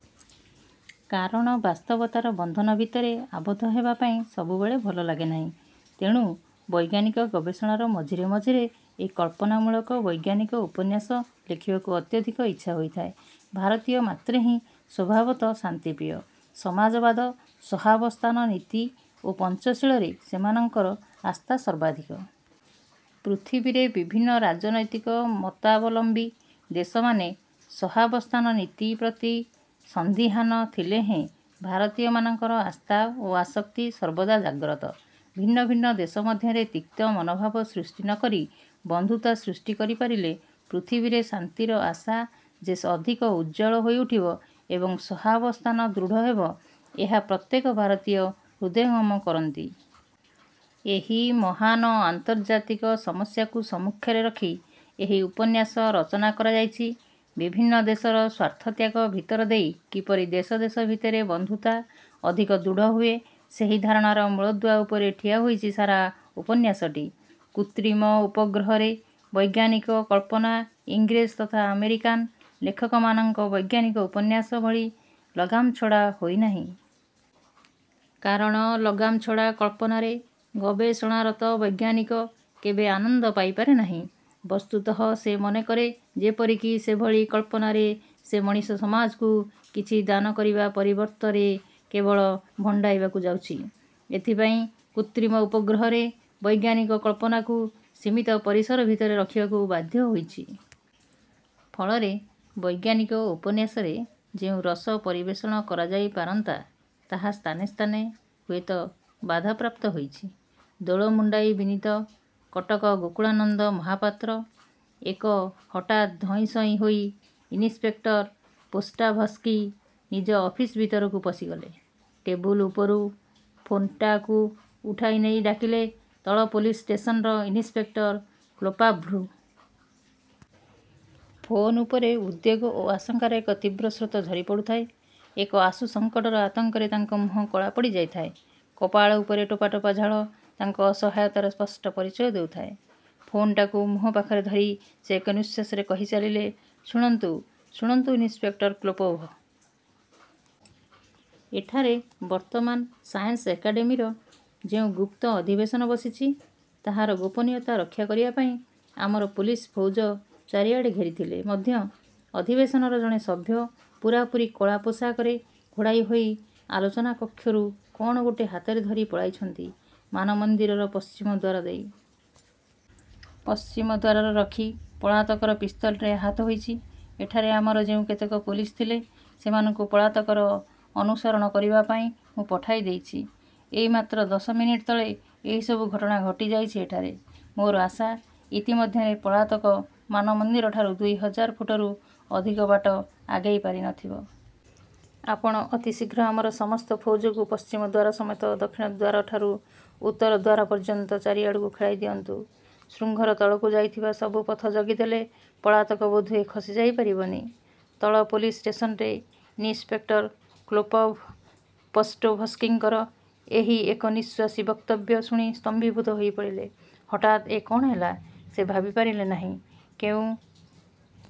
କାରଣ ବାସ୍ତବତାର ବନ୍ଧନ ଭିତରେ ଆବଦ୍ଧ ହେବା ପାଇଁ ସବୁବେଳେ ଭଲ ଲାଗେ ନାହିଁ। ତେଣୁ ବୈଜ୍ଞାନିକ ଗବେଷଣାର ମଝିରେ ମଝିରେ ଏହି କଳ୍ପନାମୂଳକ ବୈଜ୍ଞାନିକ ଉପନ୍ୟାସ ଲେଖିବାକୁ ଅତ୍ୟଧିକ ଇଚ୍ଛା ହୋଇଥାଏ। ଭାରତୀୟ ମାତ୍ରେହିଁ ସ୍ୱଭାବତଃ ଶାନ୍ତିପ୍ରିୟ। ସମାଜବାଦ, ସହାବସ୍ଥାନ ନୀତି ଓ ପଞ୍ଚଶୀଳରେ ସେମାନଙ୍କର ଆସ୍ଥା ସର୍ବାଧିକ। ପୃଥିବୀରେ ବିଭିନ୍ନ ରାଜନୈତିକ ମତାବଲମ୍ୱୀ ଦେଶମାନେ ସହାବସ୍ଥାନ ନୀତି ପ୍ରତି ସନ୍ଦିହାନ ଥିଲେହେଁ ଭାରତୀୟମାନଙ୍କର ଆସ୍ଥା ଓ ଆସକ୍ତି ସର୍ବଦା ଜାଗ୍ରତ। ଭିନ୍ନ ଭିନ୍ନ ଦେଶ ମଧ୍ୟରେ ତିକ୍ତ ମନୋଭାବ ସୃଷ୍ଟି ନ କରି ବନ୍ଧୁତା ସୃଷ୍ଟି କରିପାରିଲେ ପୃଥିବୀରେ ଶାନ୍ତିର ଆଶା ଯେ ଅଧିକ ଉଜ୍ଜ୍ୱଳ ହୋଇଉଠିବ ଏବଂ ସହାବସ୍ଥାନ ଦୃଢ଼ ହେବ, ଏହା ପ୍ରତ୍ୟେକ ଭାରତୀୟ ହୃଦୟଙ୍ଗମ କରନ୍ତି। ଏହି ମହାନ୍ ଆନ୍ତର୍ଜାତିକ ସମସ୍ୟାକୁ ସମ୍ମୁଖରେ ରଖି ଏହି ଉପନ୍ୟାସ ରଚନା କରାଯାଇଛି। ବିଭିନ୍ନ ଦେଶର ସ୍ୱାର୍ଥତ୍ୟାଗ ଭିତରଦେଇ କିପରି ଦେଶ ଦେଶ ଭିତରେ ବନ୍ଧୁତା ଅଧିକ ଦୃଢ଼ ହୁଏ ସେହି ଧାରଣାର ମୂଳଦୁଆ ଉପରେ ଠିଆହୋଇଛି ସାରା ଉପନ୍ୟାସଟି। 'କୃତ୍ରିମ ଉପଗ୍ରହ'ରେ ବୈଜ୍ଞାନିକ କଳ୍ପନା ଇଂରେଜ ତଥା ଆମେରିକାନ୍ ଲେଖକମାନଙ୍କ ବୈଜ୍ଞାନିକ ଉପନ୍ୟାସ ଭଳି ଲଗାମଛଡ଼ା ହୋଇନାହିଁ। କାରଣ ଲଗାମଛଡ଼ା କଳ୍ପନାରେ ଗବେଷଣାରତ ବୈଜ୍ଞାନିକ କେବେ ଆନନ୍ଦ ପାଇପାରେନାହିଁ। ବସ୍ତୁତଃ ସେ ମନେକରେ ଯେପରିକି ସେଭଳି କଳ୍ପନାରେ ସେ ମଣିଷସମାଜକୁ କିଛି ଦାନକରିବା ପରିବର୍ତ୍ତରେ କେବଳ ଭଣ୍ଡାଇବାକୁ ଯାଉଛି। ଏଥିପାଇଁ 'କୃତ୍ରିମ ଉପଗ୍ରହ'ରେ ବୈଜ୍ଞାନିକ କଳ୍ପନାକୁ ସୀମିତ ପରିସର ଭିତରେ ରଖିବାକୁ ବାଧ୍ୟ ହୋଇଛି। ଫଳରେ ବୈଜ୍ଞାନିକ ଉପନ୍ୟାସରେ ଯେଉଁ ରସ ପରିବେଷଣ କରାଯାଇପାରନ୍ତା, ତାହା ସ୍ଥାନେ ସ୍ଥାନେ ହୁଏତ ବାଧାପ୍ରାପ୍ତ ହୋଇଛି। ଦୋଳମୁଣ୍ଡାଇ ବିନୀତ କଟକ ଗୋକୁଳାନନ୍ଦ ମହାପାତ୍ର ଏକ ହଠାତ୍ ଧଇଁସଇଁ ହୋଇ ଇନ୍ସପେକ୍ଟର ପଷ୍ଟୋଭସ୍କି ନିଜ ଅଫିସ ଭିତରକୁ ପଶିଗଲେ। ଟେବୁଲ୍ ଉପରୁ ଫୋନ୍ଟାକୁ ଉଠାଇ ନେଇ ଡାକିଲେ ତଳ ପୋଲିସ ଷ୍ଟେସନର ଇନ୍ସପେକ୍ଟର କ୍ଲୋପୋଭ୍ଙ୍କୁ। ଫୋନ୍ ଉପରେ ଉଦ୍ବେଗ ଓ ଆଶଙ୍କାର ଏକ ତୀବ୍ର ସ୍ରୋତ ଝରିପଡ଼ୁଥାଏ। ଏକ ଆଶୁ ସଙ୍କଟର ଆତଙ୍କରେ ତାଙ୍କ ମୁହଁ କଳା ପଡ଼ିଯାଇଥାଏ। କପାଳ ଉପରେ ଟୋପା ଟୋପା ଝାଳ ତାଙ୍କ ଅସହାୟତାର ସ୍ପଷ୍ଟ ପରିଚୟ ଦେଉଥାଏ। ଫୋନ୍ଟାକୁ ମୁହଁ ପାଖରେ ଧରି ସେ ଏକନିଶ୍ୱାସରେ କହି ଚାଲିଲେ–''ଶୁଣନ୍ତୁ, ଶୁଣନ୍ତୁ ଇନ୍ସପେକ୍ଟର କ୍ଳୋପୋଭ୍। ଏଠାରେ ବର୍ତ୍ତମାନ ସାଏନ୍ସ ଏକାଡ଼େମୀର ଯେଉଁ ଗୁପ୍ତ ଅଧିବେଶନ ବସିଛି, ତାହାର ଗୋପନୀୟତା ରକ୍ଷା କରିବା ପାଇଁ ଆମର ପୋଲିସ ଫୌଜ ଚାରିଆଡ଼େ ଘେରିଥିଲେ ମଧ୍ୟ, ଅଧିବେଶନର ଜଣେ ସଭ୍ୟ ପୂରାପୂରି କଳା ପୋଷାକରେ ଘୋଡ଼ାଇହୋଇ ଆଲୋଚନାକକ୍ଷରୁ କ'ଣ ଗୋଟିଏ ହାତରେ ଧରି ପଳାଇଛନ୍ତି ମାନମନ୍ଦିରର ପଶ୍ଚିମଦ୍ୱାର ଦେଇ। ପଶ୍ଚିମଦ୍ୱାରର ରକ୍ଷୀ ପଳାତକର ପିସ୍ତଲରେ ଆହତ ହୋଇଛି। ଏଠାରେ ଆମର ଯେଉଁ କେତେକ ପୋଲିସ ଥିଲେ, ସେମାନଙ୍କୁ ପଳାତକର ଅନୁସରଣ କରିବା ପାଇଁ ମୁଁ ପଠାଇଦେଇଛି। ଏଇ ମାତ୍ର ଦଶମିନିଟ୍ ତଳେ ଏହିସବୁ ଘଟଣା ଘଟିଯାଇଛି ଏଠାରେ। ମୋର ଆଶା, ଇତି ମଧ୍ୟରେ ପଳାତକ ମାନମନ୍ଦିରଠାରୁ ଦୁଇହଜାର ଫୁଟରୁ ଅଧିକ ବାଟ ଆଗେଇ ପାରିନଥିବ। ଆପଣ ଅତିଶୀଘ୍ର ଆମର ସମସ୍ତ ଫୌଜକୁ ପଶ୍ଚିମଦ୍ୱାର ସମେତ ଦକ୍ଷିଣଦ୍ୱାରଠାରୁ ଉତ୍ତରଦ୍ୱାର ପର୍ଯ୍ୟନ୍ତ ଚାରିଆଡ଼କୁ ଖେଳାଇ ଦିଅନ୍ତୁ। ଶୃଙ୍ଗର ତଳକୁ ଯାଇଥିବା ସବୁ ପଥ ଜଗିଦେଲେ ପଳାତକ ବୋଧହୁଏ ଖସିଯାଇ ପାରିବନି। '' ତଳ ପୋଲିସ ଷ୍ଟେସନରେ ଇନ୍ସପେକ୍ଟର କ୍ଳୋପୋଭ୍ ପଷ୍ଟୋଭସ୍କିଙ୍କର ଏହି ଏକନିଶ୍ୱାସୀ ବକ୍ତବ୍ୟ ଶୁଣି ସ୍ତମ୍ଭୀଭୂତ ହୋଇପଡ଼ିଲେ। ହଠାତ୍ ଏ କ'ଣ ହେଲା ସେ ଭାବିପାରିଲେ ନାହିଁ। କେଉଁ